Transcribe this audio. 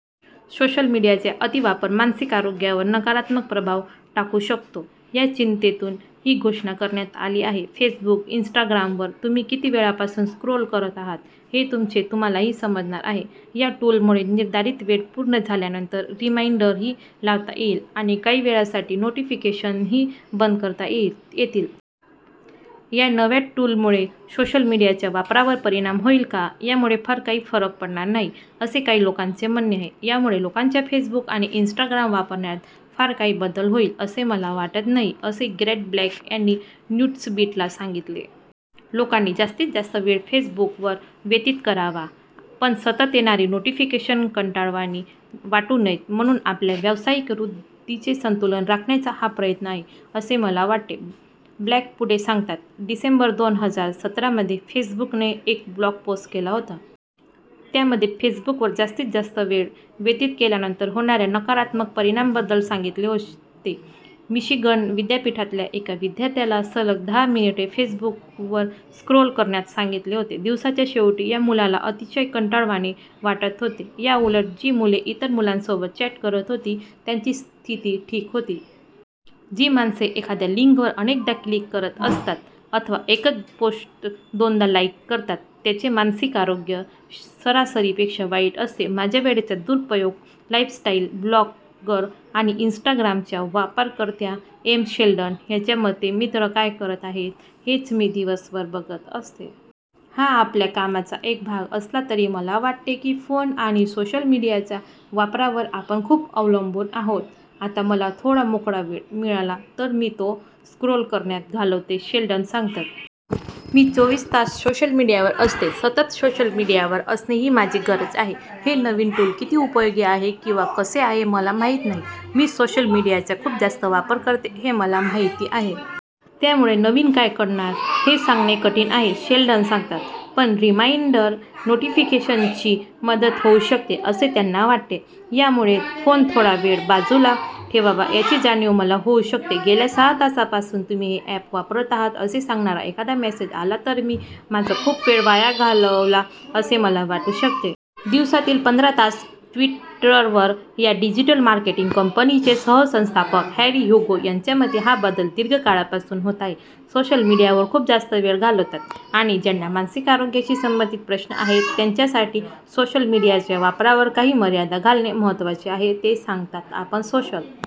Social मीडियाचा अतिवापर मानसिक आरोग्यावर नकारात्मक प्रभाव टाकू शकतो, या चिंतेतून ही घोषणा करण्यात आली आहे. फेसबुक, इन्स्टाग्रामवर तुम्ही किती वेळापासून स्क्रोल करत आहात हे तुमचे तुम्हालाही समजणार आहे. या टूलमुळे निर्धारित वेळ पूर्ण झाल्यानंतर रिमाइंडरही लावता येईल आणि काही वेळासाठी नोटिफिकेशन्सही बंद करता येतील. या नव्या टूलमुळे सोशल मीडियाच्या वापरावर परिणाम होईल का? यामुळे फार काही फरक पडणार नाही, असे काही लोकांचे म्हणणे आहे. "यामुळे लोकांच्या फेसबुक आणि इन्स्टाग्राम वापरण्यात फार काही बदल होईल, असे मला वाटत नाही," असे ग्रँट ब्लँक यांनी न्यूजबीटला सांगितले. "लोकांनी जास्तीत जास्त वेळ फेसबुकवर व्यतीत करावा, पण सतत येणारी नोटिफिकेशन कंटाळवाणी वाटू नयेत, म्हणून आपल्या व्यावसायिक वृद्धीचे संतुलन राखण्याचा हा प्रयत्न आहे, असे मला वाटते," ब्लँक पुढे सांगतात. डिसेंबर दोन हजार सतरामध्ये फेसबुकने एक ब्लॉग पोस्ट केला होता. त्यामध्ये फेसबुकवर जास्तीत जास्त वेळ व्यतीत केल्यानंतर होणाऱ्या नकारात्मक परिणामांबद्दल सांगितले होते. मिशिगन विद्यापीठातल्या एका विद्यार्थ्याला सलग दहा मिनिटे फेसबुकवर स्क्रोल करण्यास सांगितले होते. दिवसाच्या शेवटी या मुलाला अतिशय कंटाळवाणे वाटत होते. याउलट जी मुले इतर मुलांसोबत चॅट करत होती त्यांची स्थिती ठीक होती. जी माणसे एखाद्या लिंकवर अनेकदा क्लिक करतात अथवा एकच पोस्ट दोनदा लाईक करतात, त्यांचे मानसिक आरोग्य सरासरीपेक्षा वाईट असते. 'माझ्या वेळेचा दुरुपयोग' - लाईफस्टाईल व्लॉगर आणि इन्स्टाग्रामच्या वापरकर्त्या एम. शेल्डन यांच्या मते, मित्र काय करत आहेत, हेच मी दिवसभर बघत असते. "हा आपल्या कामाचा एक भाग असला तरी मला वाटते की, फोन आणि सोशल मीडियाच्या वापरावर आपण खूप अवलंबून आहोत आता. मला थोडा मोकळा वेळ मिळाला तर मी तो स्क्रोल करण्यात घालवते," शेल्डन सांगतात. "मी चौवीस तास सोशल मीडियावर असते. सतत सोशल मीडियावर असणे ही माझी गरज आहे. हे नवीन टूल किती उपयोगी आहे किंवा कसे आहे मला माहिती नाही. मी सोशल मीडियाचा खूप जास्त वापर करते, हे मला माहिती आहे. त्यामुळे नवीन काय कळणार हे सांगणे कठीण आहे", शेल्डन सांगतात. "पण रिमाइंडर नोटिफिकेशन्सची मदत होऊ शकते", असे त्यांना वाटते. "यामुळे फोन थोडा वेळ बाजूला ठेवावा, याची जाणीव मला होऊ शकते. गेल्या सहा तासांपासून तुम्ही हे ॲप वापरत आहात, असे सांगणारा एखादा मेसेज आला तर मी माझा खूप वेळ वाया घालवला, असे मला वाटू शकते." 'दिवसातील पंधरा तास ट्विटरवर' - या डिजिटल मार्केटिंग कंपनीचे सहसंस्थापक हॅरी ह्युगो यांच्या मते, हा बदल दीर्घ काळापासून होत आहे. "सोशल मीडियावर खूप जास्त वेळ घालवतात आणि ज्यांना मानसिक आरोग्याशी संबंधित प्रश्न आहेत, त्यांच्यासाठी सोशल मीडियाच्या वापरावर काही मर्यादा घालणे महत्त्वाचे आहे", ते सांगतात. "आपण सोशल